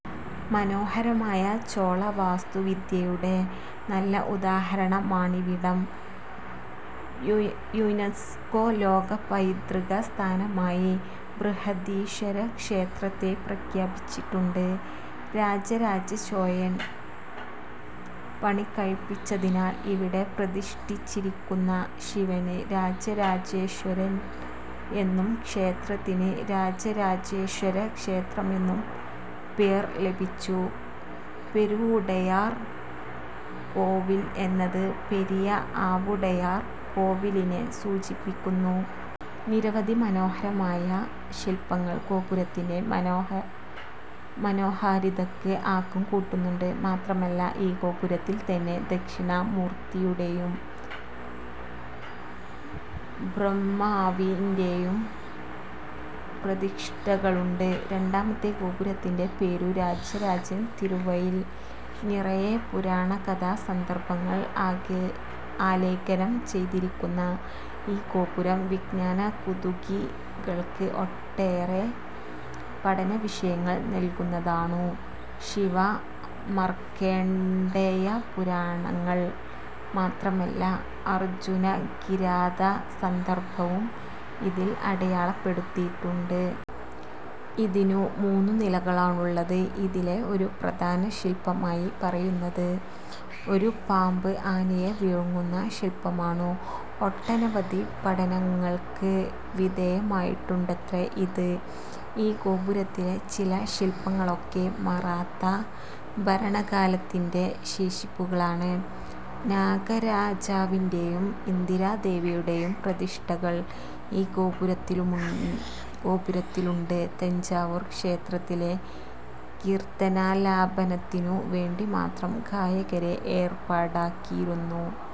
മനോഹരമായ ചോള വാസ്തു വിദ്യയുടെ നല്ല ഉദാഹരണമാണിവിടം. യുനസ്കോ ലോക പൈതൃക സ്ഥാനമായി ബൃഹതീശ്വരക്ഷേത്രത്തെ പ്രഖ്യാപിച്ചിട്ടുണ്ട്. രാജ രാജ ചോഴൻ പണികഴിപ്പിച്ചതിനാൽ ഇവിടെ പ്രതിഷ്ഠിച്ചിരിക്കുന്ന ശിവന് രാജരാജേശ്വരൻ എന്നും ക്ഷേത്രത്തിന് രാജരാജേശ്വര ക്ഷേത്രമെന്നും പേർ ലഭിച്ചു. പെരുവുടയാർ കോവിൽ എന്നത് പെരിയ ആവുടയാർ കോവിലിനെ സൂചിപ്പിക്കുന്നു. നിരവധി മനോഹരമായ ശിൽപ്പങ്ങൾ ഗോപുരത്തിന്റെ മനോഹാരിതക്ക് ആക്കം കൂട്ടുന്നുണ്ട്. മാത്രമല്ല ഈ ഗോപുരത്തിൽ തന്നെ ദക്ഷിണാമൂർത്തിയുടേയും, ബ്രഹ്മാവിന്റേയും പ്രതിഷ്ഠകളുണ്ട്. രണ്ടാമത്തെ ഗോപുരത്തിന്റെ പേരു രാജരാജൻ തിരുവയിൽ. നിറയെ പുരാണകഥാസന്ദർഭങ്ങൾ ആലേഖനം ചെയ്തിരിക്കുന്ന ഈ ഗോപുരം വിജ്ഞാനകുതുകികൾക്ക് ഒട്ടേറേ പഠനവിഷയങ്ങൾ നൽകുന്നതാണു. ശിവ-മാർക്കണ്ഡേയപുരാണങ്ങൾ മാത്രമല്ല, അർജ്ജുനകിരാതസന്ദർഭവും ഇതിൽ അടയാളപ്പെടുത്തിയിട്ടുണ്ട്. ഇതിനു മൂന്നുനിലകളാണുള്ളത്. ഇതിലെ ഒരു പ്രധാന ശിൽപ്പമായി പറയുന്നത്, ഒരു പാമ്പ് ആനയെ വിഴുങ്ങുന്ന ശിൽപ്പമാണു. ഒട്ടനവധി പഠനങ്ങൾക്ക് വിധേയമായിട്ടുണ്ടത്രെ ഇത്. ഈ ഗോപുരത്തിലെ ചില ശിൽപ്പങ്ങളൊക്കെ മറാത്താ ഭരണകാലത്തിന്റെ ശേഷിപ്പുകളാണ്. നാഗരാജാവിന്റേയും ഇന്ദിരാദേവിയുടേയും പ്രതിഷ്ഠകൾ ഈ ഗോപുരത്തിലുണ്ട്. തഞ്ചാവൂർ ക്ഷേത്രത്തിലെ കീർത്തനാലാപനത്തിനു വേണ്ടിമാത്രം ഗായകരെ ഏർപ്പാടാക്കിയിരുന്നു.